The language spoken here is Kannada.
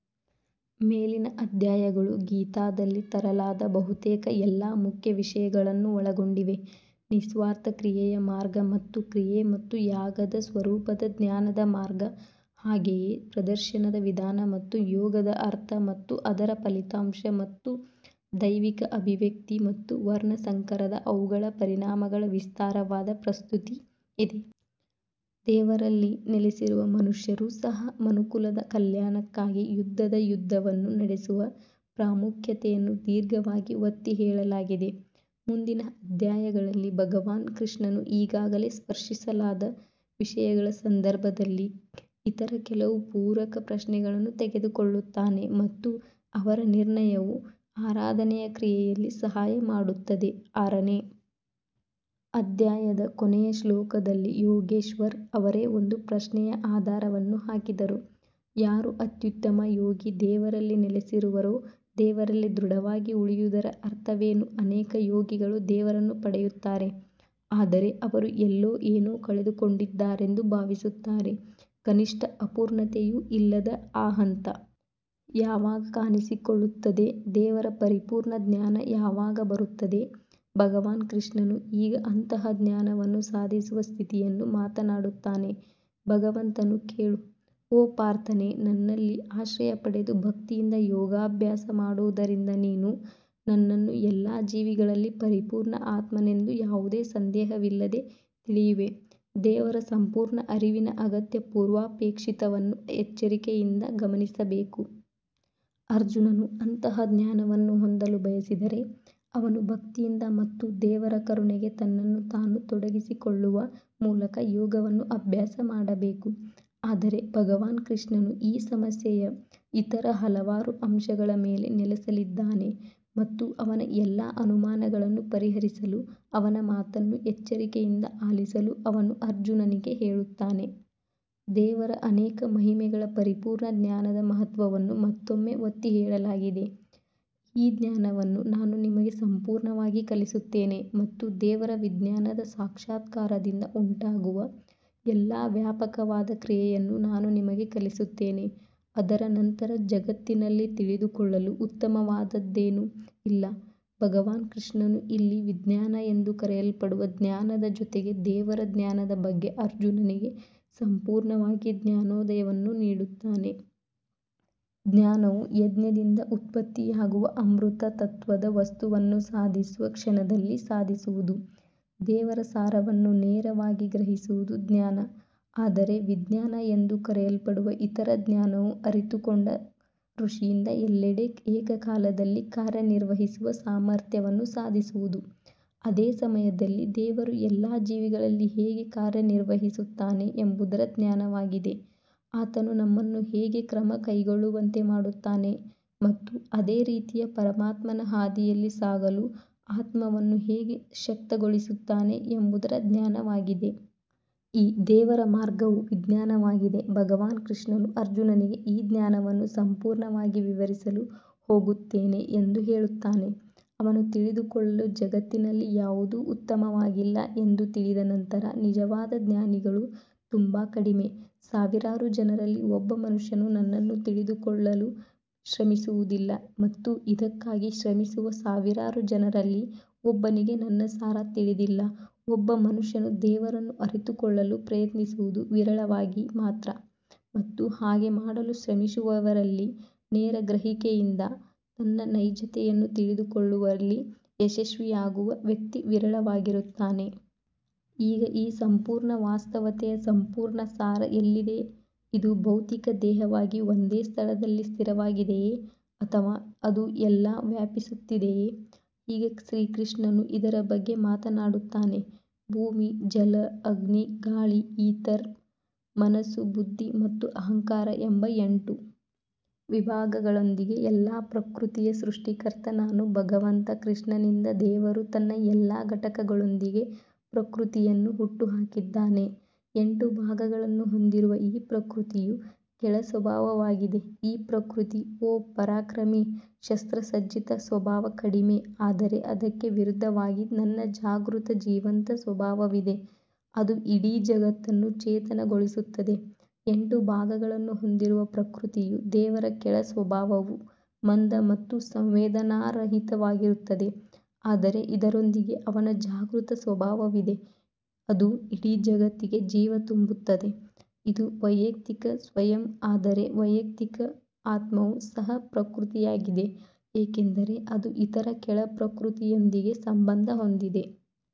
ಮೇಲಿನ ಅಧ್ಯಾಯಗಳು ಗೀತಾದಲ್ಲಿ ತರಲಾದ ಬಹುತೇಕ ಎಲ್ಲಾ ಮುಖ್ಯ ವಿಷಯಗಳನ್ನು ಒಳಗೊಂಡಿವೆ ನಿಸ್ವಾರ್ಥ ಕ್ರಿಯೆಯ ಮಾರ್ಗ ಮತ್ತು ಕ್ರಿಯೆ ಮತ್ತು ಯಾಗದ ಸ್ವರೂಪದ ಜ್ಞಾನದ ಮಾರ್ಗ ಹಾಗೆಯೇ ಪ್ರದರ್ಶನದ ವಿಧಾನ ಮತ್ತು ಯೋಗದ ಅರ್ಥ ಮತ್ತು ಅದರ ಫಲಿತಾಂಶ ಮತ್ತು ದೈವಿಕ ಅಭಿವ್ಯಕ್ತಿ ಮತ್ತು ವರ್ಣಸಂಕರದ ಅವುಗಳ ಪರಿಣಾಮಗಳ ವಿಸ್ತಾರವಾದ ಪ್ರಸ್ತುತಿ ಇದೆ. ದೇವರಲ್ಲಿ ನೆಲೆಸಿರುವ ಮನುಷ್ಯರೂ ಸಹ ಮನುಕುಲದ ಕಲ್ಯಾಣಕ್ಕಾಗಿ ಯುದ್ಧದ ಯುದ್ಧವನ್ನು ನಡೆಸುವ ಪ್ರಾಮುಖ್ಯತೆಯನ್ನು ದೀರ್ಘವಾಗಿ ಒತ್ತಿಹೇಳಲಾಗಿದೆ. ಮುಂದಿನ ಅಧ್ಯಾಯಗಳಲ್ಲಿ ಭಗವಾನ್ ಕೃಷ್ಣನು ಈಗಾಗಲೇ ಸ್ಪರ್ಶಿಸಲಾದ ವಿಷಯಗಳ ಸಂದರ್ಭದಲ್ಲಿ ಇತರ ಕೆಲವು ಪೂರಕ ಪ್ರಶ್ನೆಗಳನ್ನು ತೆಗೆದುಕೊಳ್ಳುತ್ತಾನೆ ಮತ್ತು ಅವರ ನಿರ್ಣಯವು ಆರಾಧನೆಯ ಕ್ರಿಯೆಯಲ್ಲಿ ಸಹಾಯ ಮಾಡುತ್ತದೆ ಆರನೇ ಅಧ್ಯಾಯದ ಕೊನೆಯ ಶ್ಲೋಕದಲ್ಲಿ ಯೋಗೇಶ್ವರ್ ಅವರೇ ಒಂದು ಪ್ರಶ್ನೆಯ ಆಧಾರವನ್ನು ಹಾಕಿದರು ಯಾರು ಅತ್ಯುತ್ತಮ ಯೋಗಿ ದೇವರಲ್ಲಿ ನೆಲೆಸಿರುವರೋ ದೇವರಲ್ಲಿ ದೃಢವಾಗಿ ಉಳಿಯುವುದರ ಅರ್ಥವೇನು ಅನೇಕ ಯೋಗಿಗಳು ದೇವರನ್ನು ಪಡೆಯುತ್ತಾರೆ ಆದರೆ ಅವರು ಎಲ್ಲೋ ಏನೋ ಕಳೆದುಕೊಂಡಿದ್ದಾರೆಂದು ಭಾವಿಸುತ್ತಾರೆ ಕನಿಷ್ಠ ಅಪೂರ್ಣತೆಯೂ ಇಲ್ಲದ ಆ ಹಂತ ಯಾವಾಗ ಕಾಣಿಸಿಕೊಳ್ಳುತ್ತದೆ ದೇವರ ಪರಿಪೂರ್ಣ ಜ್ಞಾನ ಯಾವಾಗ ಬರುತ್ತದೆ ಭಗವಾನ್ ಕೃಷ್ಣನು ಈಗ ಅಂತಹ ಜ್ಞಾನವನ್ನು ಸಾಧಿಸುವ ಸ್ಥಿತಿಯನ್ನು ಮಾತನಾಡುತ್ತಾನೆ ಭಗವಂತನು ಕೇಳು ಓ ಪಾರ್ಥನೇ ನನ್ನಲ್ಲಿ ಆಶ್ರಯ ಪಡೆದು ಭಕ್ತಿಯಿಂದ ಯೋಗಾಭ್ಯಾಸ ಮಾಡುವುದರಿಂದ ನೀನು ನನ್ನನ್ನು ಎಲ್ಲಾ ಜೀವಿಗಳಲ್ಲಿ ಪರಿಪೂರ್ಣ ಆತ್ಮನೆಂದು ಯಾವುದೇ ಸಂದೇಹವಿಲ್ಲದೆ ತಿಳಿಯುವೆ ದೇವರ ಸಂಪೂರ್ಣ ಅರಿವಿನ ಅಗತ್ಯ ಪೂರ್ವಾಪೇಕ್ಷಿತವನ್ನು ಎಚ್ಚರಿಕೆಯಿಂದ ಗಮನಿಸಬೇಕು. ಅರ್ಜುನನು ಅಂತಹ ಜ್ಞಾನವನ್ನು ಹೊಂದಲು ಬಯಸಿದರೆ ಅವನು ಭಕ್ತಿಯಿಂದ ಮತ್ತು ದೇವರ ಕರುಣೆಗೆ ತನ್ನನ್ನು ತಾನು ತೊಡಗಿಸಿಕೊಳ್ಳುವ ಮೂಲಕ ಯೋಗವನ್ನು ಅಭ್ಯಾಸ ಮಾಡಬೇಕು. ಆದರೆ ಭಗವಾನ್ ಕೃಷ್ಣನು ಈ ಸಮಸ್ಯೆಯ ಇತರ ಹಲವಾರು ಅಂಶಗಳ ಮೇಲೆ ನೆಲೆಸಲಿದ್ದಾನೆ ಮತ್ತು ಅವನ ಎಲ್ಲಾ ಅನುಮಾನಗಳನ್ನು ಪರಿಹರಿಸಲು ಅವನ ಮಾತನ್ನು ಎಚ್ಚರಿಕೆಯಿಂದ ಆಲಿಸಲು ಅವನು ಅರ್ಜುನನಿಗೆ ಹೇಳುತ್ತಾನೆ. ದೇವರ ಅನೇಕ ಮಹಿಮೆಗಳ ಪರಿಪೂರ್ಣ ಜ್ಞಾನದ ಮಹತ್ವವನ್ನು ಮತ್ತೊಮ್ಮೆ ಒತ್ತಿಹೇಳಲಾಗಿದೆ ಈ ಜ್ಞಾನವನ್ನು ನಾನು ನಿಮಗೆ ಸಂಪೂರ್ಣವಾಗಿ ಕಲಿಸುತ್ತೇನೆ ಮತ್ತು ದೇವರ ವಿಜ್ಞಾನದ ಸಾಕ್ಷಾತ್ಕಾರದಿಂದ ಉಂಟಾಗುವ ಎಲ್ಲಾ ವ್ಯಾಪಕವಾದ ಕ್ರಿಯೆಯನ್ನು ನಾನು ನಿಮಗೆ ಕಲಿಸುತ್ತೇನೆ ಅದರ ನಂತರ ಜಗತ್ತಿನಲ್ಲಿ ತಿಳಿದುಕೊಳ್ಳಲು ಉತ್ತಮವಾದದ್ದೇನೂ ಇಲ್ಲ. ಭಗವಾನ್ ಕೃಷ್ಣನು ಇಲ್ಲಿ ವಿಜ್ಞಾನ ಎಂದು ಕರೆಯಲ್ಪಡುವ ಜ್ಞಾನದ ಜೊತೆಗೆ ದೇವರ ಜ್ಞಾನದ ಬಗ್ಗೆ ಅರ್ಜುನನಿಗೆ ಸಂಪೂರ್ಣವಾಗಿ ಜ್ಞಾನೋದಯವನ್ನು ನೀಡುತ್ತಾನೆ. ಜ್ಞಾನವು ಯಜ್ಞದಿಂದ ಉತ್ಪತ್ತಿಯಾಗುವ ಅಮೃತ ತತ್ವದ ವಸ್ತುವನ್ನು ಸಾಧಿಸುವ ಕ್ಷಣದಲ್ಲಿ ಸಾಧಿಸುವುದು. ದೇವರ ಸಾರವನ್ನು ನೇರವಾಗಿ ಗ್ರಹಿಸುವುದು ಜ್ಞಾನ ಆದರೆ ವಿಜ್ಞಾನ ಎಂದು ಕರೆಯಲ್ಪಡುವ ಇತರ ಜ್ಞಾನವು ಅರಿತುಕೊಂಡ ಋಷಿಯಿಂದ ಎಲ್ಲೆಡೆ ಏಕಕಾಲದಲ್ಲಿ ಕಾರ್ಯನಿರ್ವಹಿಸುವ ಸಾಮರ್ಥ್ಯವನ್ನು ಸಾಧಿಸುವುದು. ಅದೇ ಸಮಯದಲ್ಲಿ ದೇವರು ಎಲ್ಲಾ ಜೀವಿಗಳಲ್ಲಿ ಹೇಗೆ ಕಾರ್ಯನಿರ್ವಹಿಸುತ್ತಾನೆ ಎಂಬುದರ ಜ್ಞಾನವಾಗಿದೆ ಆತನು ನಮ್ಮನ್ನು ಹೇಗೆ ಕ್ರಮ ಕೈಗೊಳ್ಳುವಂತೆ ಮಾಡುತ್ತಾನೆ ಮತ್ತು ಅದೇ ರೀತಿಯ ಪರಮಾತ್ಮನ ಹಾದಿಯಲ್ಲಿ ಸಾಗಲು ಆತ್ಮವನ್ನು ಹೇಗೆ ಶಕ್ತಗೊಳಿಸುತ್ತಾನೆ ಎಂಬುದರ ಜ್ಞಾನವಾಗಿದೆ. ಈ ದೇವರ ಮಾರ್ಗವು ವಿಜ್ಞಾನವಾಗಿದೆ ಭಗವಾನ್ ಕೃಷ್ಣನು ಅರ್ಜುನನಿಗೆ ಈ ಜ್ಞಾನವನ್ನು ಸಂಪೂರ್ಣವಾಗಿ ವಿವರಿಸಲು ಹೋಗುತ್ತೇನೆ ಎಂದು ಹೇಳುತ್ತಾನೆ ಅವನು ತಿಳಿದುಕೊಳ್ಳಲು ಜಗತ್ತಿನಲ್ಲಿ ಯಾವುದೂ ಉತ್ತಮವಾಗಿಲ್ಲ ಎಂದು ತಿಳಿದ ನಂತರ ನಿಜವಾದ ಜ್ಞಾನಿಗಳು ತುಂಬಾ ಕಡಿಮೆ ಸಾವಿರಾರು ಜನರಲ್ಲಿ ಒಬ್ಬ ಮನುಷ್ಯನು ನನ್ನನ್ನು ತಿಳಿದುಕೊಳ್ಳಲು ಶ್ರಮಿಸುವುದಿಲ್ಲ ಮತ್ತು ಇದಕ್ಕಾಗಿ ಶ್ರಮಿಸುವ ಸಾವಿರಾರು ಜನರಲ್ಲಿ ಒಬ್ಬನಿಗೆ ನನ್ನ ಸಾರ ತಿಳಿದಿಲ್ಲ ಒಬ್ಬ ಮನುಷ್ಯನು ದೇವರನ್ನು ಅರಿತುಕೊಳ್ಳಲು ಪ್ರಯತ್ನಿಸುವುದು ವಿರಳವಾಗಿ ಮಾತ್ರ ಮತ್ತು ಹಾಗೆ ಮಾಡಲು ಶ್ರಮಿಸುವವರಲ್ಲಿ ನೇರ ಗ್ರಹಿಕೆಯಿಂದ ತನ್ನ ನೈಜತೆಯನ್ನು ತಿಳಿದುಕೊಳ್ಳುವಲ್ಲಿ ಯಶಸ್ವಿಯಾಗುವ ವ್ಯಕ್ತಿ ವಿರಳವಾಗಿರುತ್ತಾನೆ. ಈಗ ಈ ಸಂಪೂರ್ಣ ವಾಸ್ತವತೆಯ ಸಂಪೂರ್ಣ ಸಾರ ಎಲ್ಲಿದೆ ಇದು ಭೌತಿಕ ದೇಹವಾಗಿ ಒಂದೇ ಸ್ಥಳದಲ್ಲಿ ಸ್ಥಿರವಾಗಿದೆಯೇ ಅಥವಾ ಅದು ಎಲ್ಲಾ ವ್ಯಾಪಿಸುತ್ತಿದೆಯೇ? ಈಗ ಶ್ರೀಕೃಷ್ಣನು ಇದರ ಬಗ್ಗೆ ಮಾತನಾಡುತ್ತಾನೆ ಭೂಮಿ ಜಲ ಅಗ್ನಿ ಗಾಳಿ ಈಥರ್ ಮನಸ್ಸು ಬುದ್ಧಿ ಮತ್ತು ಅಹಂಕಾರ ಎಂಬ ಎಂಟು ವಿಭಾಗಗಳೊಂದಿಗೆ ಎಲ್ಲಾ ಪ್ರಕೃತಿಯ ಸೃಷ್ಟಿಕರ್ತ ನಾನು ಭಗವಂತ ಕೃಷ್ಣನಿಂದ ದೇವರು ತನ್ನ ಎಲ್ಲಾ ಘಟಕಗಳೊಂದಿಗೆ ಪ್ರಕೃತಿಯನ್ನು ಹುಟ್ಟುಹಾಕಿದ್ದಾನೆ ಎಂಟು ಭಾಗಗಳನ್ನು ಹೊಂದಿರುವ ಈ ಪ್ರಕೃತಿಯು ಕೆಳ ಸ್ವಭಾವವಾಗಿದೆ ಈ ಪ್ರಕೃತಿ ಓ ಪರಾಕ್ರಮಿ ಶಸ್ತ್ರಸಜ್ಜಿತ ಸ್ವಭಾವ ಕಡಿಮೆ ಆದರೆ ಅದಕ್ಕೆ ವಿರುದ್ಧವಾಗಿ ನನ್ನ ಜಾಗೃತ ಜೀವಂತ ಸ್ವಭಾವವಿದೆ ಅದು ಇಡೀ ಜಗತ್ತನ್ನು ಚೇತನಗೊಳಿಸುತ್ತದೆ ಎಂಟು ಭಾಗಗಳನ್ನು ಹೊಂದಿರುವ ಪ್ರಕೃತಿಯು ದೇವರ ಕೆಳ ಸ್ವಭಾವವು ಮಂದ ಮತ್ತು ಸಂವೇದನಾರಹಿತವಾಗಿರುತ್ತದೆ ಆದರೆ ಇದರೊಂದಿಗೆ ಅವನ ಜಾಗೃತ ಸ್ವಭಾವವಿದೆ ಅದು ಇಡೀ ಜಗತ್ತಿಗೆ ಜೀವ ತುಂಬುತ್ತದೆ ಇದು ವೈಯಕ್ತಿಕ ಸ್ವಯಂ ಆದರೆ ವೈಯಕ್ತಿಕ ಆತ್ಮವು ಸಹ ಪ್ರಕೃತಿಯಾಗಿದೆ ಏಕೆಂದರೆ ಅದು ಇತರ ಕೆಳ ಪ್ರಕೃತಿಯೊಂದಿಗೆ ಸಂಬಂಧ ಹೊಂದಿದೆ.